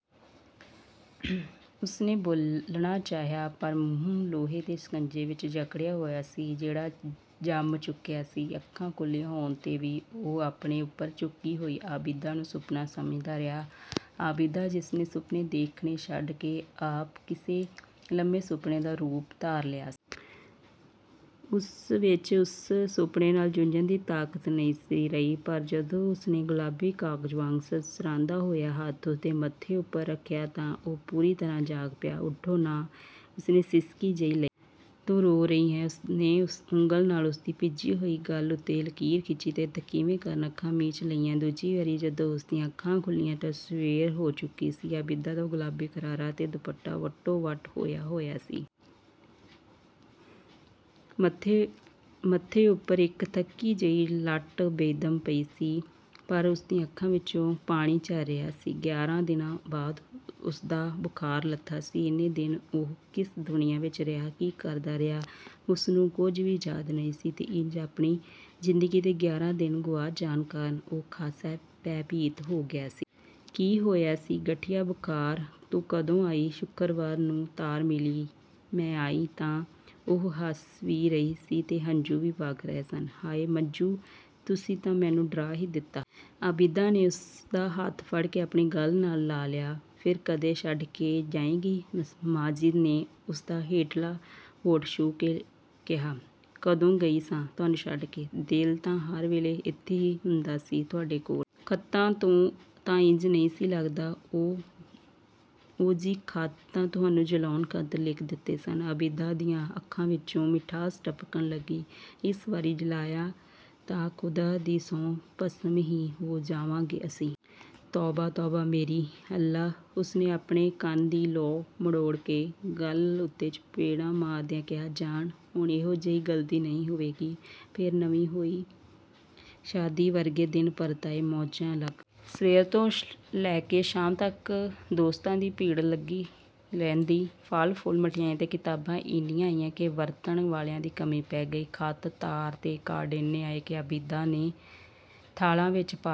ਉਸਨੇ ਬੋਲਣਾ ਚਾਹਿਆ, ਪਰ ਮੂੰਹ ਲੋਹੇ ਦੇ ਸ਼ਿਕੰਜੇ ਵਿੱਚ ਜਕੜਿਆ ਹੋਇਆ ਸੀ ਜਿਹੜਾ ਜੰਮ ਚੁੱਕਿਆ ਸੀ। ਅੱਖਾਂ ਖੁੱਲ੍ਹੀਆਂ ਹੋਣ 'ਤੇ ਵੀ ਉਹ ਆਪਣੇ ਉੱਪਰ ਝੁਕੀ ਹੋਈ ਆਬਿਦਾ ਨੂੰ ਸੁਪਨਾ ਸਮਝਦਾ ਰਿਹਾ। ਆਬਿਦਾ, ਜਿਸਨੇ ਸੁਪਨੇ ਦੇਖਣੇ ਛੱਡ ਕੇ ਆਪ ਕਿਸੇ ਲੰਮੇ ਸੁਪਨੇ ਦਾ ਰੂਪ ਧਾਰ ਲਿਆ ਸੀ। ਉਸ ਵਿੱਚ ਉਸ ਸੁਪਨੇ ਨਾਲ ਜੂਝਣ ਦੀ ਤਾਕਤ ਨਹੀਂ ਸੀ ਰਹੀ। ਪਰ ਜਦੋਂ ਉਸਨੇ ਗੁਲਾਬੀ ਕਾਗਜ਼ ਵਾਂਗ ਸਰਸਰਾਂਦਾ ਹੋਇਆ ਹੱਥ ਉਸਦੇ ਮੱਥੇ ਉੱਪਰ ਰੱਖਿਆ ਤਾਂ ਉਹ ਪੂਰੀ ਤਰ੍ਹਾਂ ਜਾਗ ਪਿਆ।"ਉਠੋ ਨਾ।" ਉਸਨੇ ਸਿਸਕੀ ਜਿਹੀ ਲਈ। "ਤੂੰ ਰੋ ਰਹੀ ਹੈਂ?" ਉਸਨੇ ਉਂਗਲ ਨਾਲ ਉਸਦੀ ਭਿੱਜੀ ਹੋਈ ਗੱਲ੍ਹ ਉੱਤੇ ਲਕੀਰ ਖਿੱਚੀ ਤੇ ਥਕੇਵੇਂ ਕਾਰਨ ਅੱਖਾਂ ਮੀਚ ਲਈਆਂ। ਦੂਜੀ ਵਾਰੀ ਜਦੋਂ ਉਸਦੀਆਂ ਅੱਖਾਂ ਖੁੱਲ੍ਹੀਆਂ ਤਾਂ ਸਵੇਰ ਹੋ ਚੁੱਕੀ ਸੀ। ਆਬਿਦਾ ਦਾ ਗੁਲਾਬੀ ਗਰਾਰਾ ਤੇ ਦੁਪੱਟਾ ਵੱਟੋ-ਵੱਟਹੋਇਆ-ਹੋਇਆ ਸੀ। ਮੱਥੇ ਉੱਪਰ ਇੱਕ ਥੱਕੀ ਜਿਹੀ ਲੱਟ ਬੇਦਮ ਪਈ ਸੀ, ਪਰ ਉਸਦੀਆਂ ਅੱਖਾਂ ਵਿੱਚੋਂ ਪਾਣੀ ਝਰ ਰਿਹਾ ਸੀ। ਗਿਆਰਾਂ ਦਿਨਾਂ ਬਾਅਦ ਉਸਦਾ ਬੁਖਾਰ ਲੱਥਾ ਸੀ। ਇੰਨੇ ਦਿਨ ਉਹ ਕਿਸ ਦੁਨੀਆਂ ਵਿੱਚ ਰਿਹਾ, ਕੀ ਕਰਦਾ ਰਿਹਾ, ਉਸਨੂੰ ਕੁਝ ਵੀ ਯਾਦ ਨਹੀਂ ਸੀ ਤੇ ਇੰਜ ਆਪਣੀ ਜ਼ਿੰਦਗੀ ਦੇ ਗਿਆਰਾਂ ਦਿਨ ਗੁਆਚ ਜਾਣ ਕਾਰਨ ਉਹ ਖਾਸਾ ਭੈਭੀਤ ਹੋ ਗਿਆ ਸੀ। "ਕੀ ਹੋਇਆ ਸੀ?" "ਗਠੀਆ ਬੁਖ਼ਾਰ।" "ਤੂੰ ਕਦੋਂ ਆਈ?" "ਸ਼ੁਕਰਵਾਰ ਨੂੰ ਤਾਰ ਮਿਲੀ, ਮੈਂ ਆਈ ਤਾਂ" ਉਹ ਹੱਸ ਵੀ ਰਹੀ ਸੀ ਤੇ ਹੰਝੂ ਵੀ ਵਗ ਰਹੇ ਸਨ, "ਹਾਏ ਮੱਜੂ, ਤੁਸੀਂ ਤਾਂ ਮੈਨੂੰ ਡਰਾ ਹੀ ਦਿੱਤਾ।" ਆਬਿਦਾ ਨੇ ਉਸਦਾ ਹੱਥ ਫੜ ਕੇ ਆਪਣੀ ਗੱਲ੍ਹ ਨਾਲ ਲਾ ਲਿਆ। "ਫਿਰ ਕਦੇ ਛੱਡ ਕੇ ਜਾਏਂਗੀ?" ਮਾਜਿਦ ਨੇ ਉਸਦਾ ਹੇਠਲਾ ਹੋਂਠ ਛੂਹ ਕੇ ਕਿਹਾ। "ਕਦੋਂ ਗਈ ਸਾਂ ਤੁਹਾਨੂੰ ਛੱਡ ਕੇ, ਦਿਲ ਤਾਂ ਹਰ ਵੇਲੇ ਇੱਥੇ ਹੀ ਹੁੰਦਾ ਸੀ ਤੁਹਾਡੇ ਕੋਲ।" "ਖ਼ਤਾਂ ਤੋਂ ਤਾਂ ਇੰਜ ਨਹੀਂ ਸੀ ਲੱਗਦਾ।" "ਉਹ! ਓ-ਜੀ, ਖ਼ਤ ਤਾਂ ਤੁਹਾਨੂੰ ਜਲਾਉਣ ਖਾਤਰ ਲਿਖ ਦਿੱਤੇ ਸਨ।" ਆਬਿਦਾ ਦੀਆਂ ਅੱਖਾਂ ਵਿੱਚੋਂ ਮਿਠਾਸ ਟਪਕਣ ਲੱਗੀ। "ਇਸ ਵਾਰੀ ਜਲਾਇਆ ਤਾਂ ਖ਼ੁਦਾ ਦੀ ਸਹੁੰ ਭਸਮ ਹੀ ਹੋ ਜਾਵਾਂਗੇ ਅਸੀਂ।" "ਤੌਬਾ! ਤੌਬਾ ਮੇਰੀ! ਅੱਲਾ" ਉਸਨੇ ਆਪਣੇ ਕੰਨ ਦੀ ਲੌਂਅ ਮਰੋੜ ਕੇ, ਗੱਲ੍ਹ ਉੱਤੇ ਚਪੇੜਾਂ ਮਾਰਦਿਆਂ ਕਿਹਾ, "ਜਾਨ ਹੁਣ ਇਹੋ ਜਿਹੀ ਗ਼ਲਤੀ ਨਹੀਂ ਹੋਵੇਗੀ।" ਫਿਰ ਨਵੀਂ ਹੋਈ ਸ਼ਾਦੀ ਵਰਗੇ ਦਿਨ ਪਰਤ ਆਏ, ਮੌਜਾਂ ਲੱਗ। ਸਵੇਰ ਤੋਂ ਲੈ ਕੇ ਸ਼ਾਮ ਤੱਕ ਦੋਸਤਾਂ ਦੀ ਭੀੜ ਲੱਗੀ ਰਹਿੰਦੀ। ਫੁੱਲ, ਫਲ, ਮਿਠਿਆਈਆਂ ਤੇ ਕਿਤਾਬਾਂ ਇੰਨੀਆਂ ਆਈਆਂ ਕਿ ਵਰਤਣ ਵਾਲਿਆਂ ਦੀ ਕਮੀ ਪੈ ਗਈ। ਖ਼ਤ, ਤਾਰ ਤੇ ਕਾਰਡ ਇੰਨੇ ਆਏ ਕਿ ਆਬਿਦਾ ਨੇ ਥਾਲਾਂ ਵਿੱਚ ਪਾ ਕੇ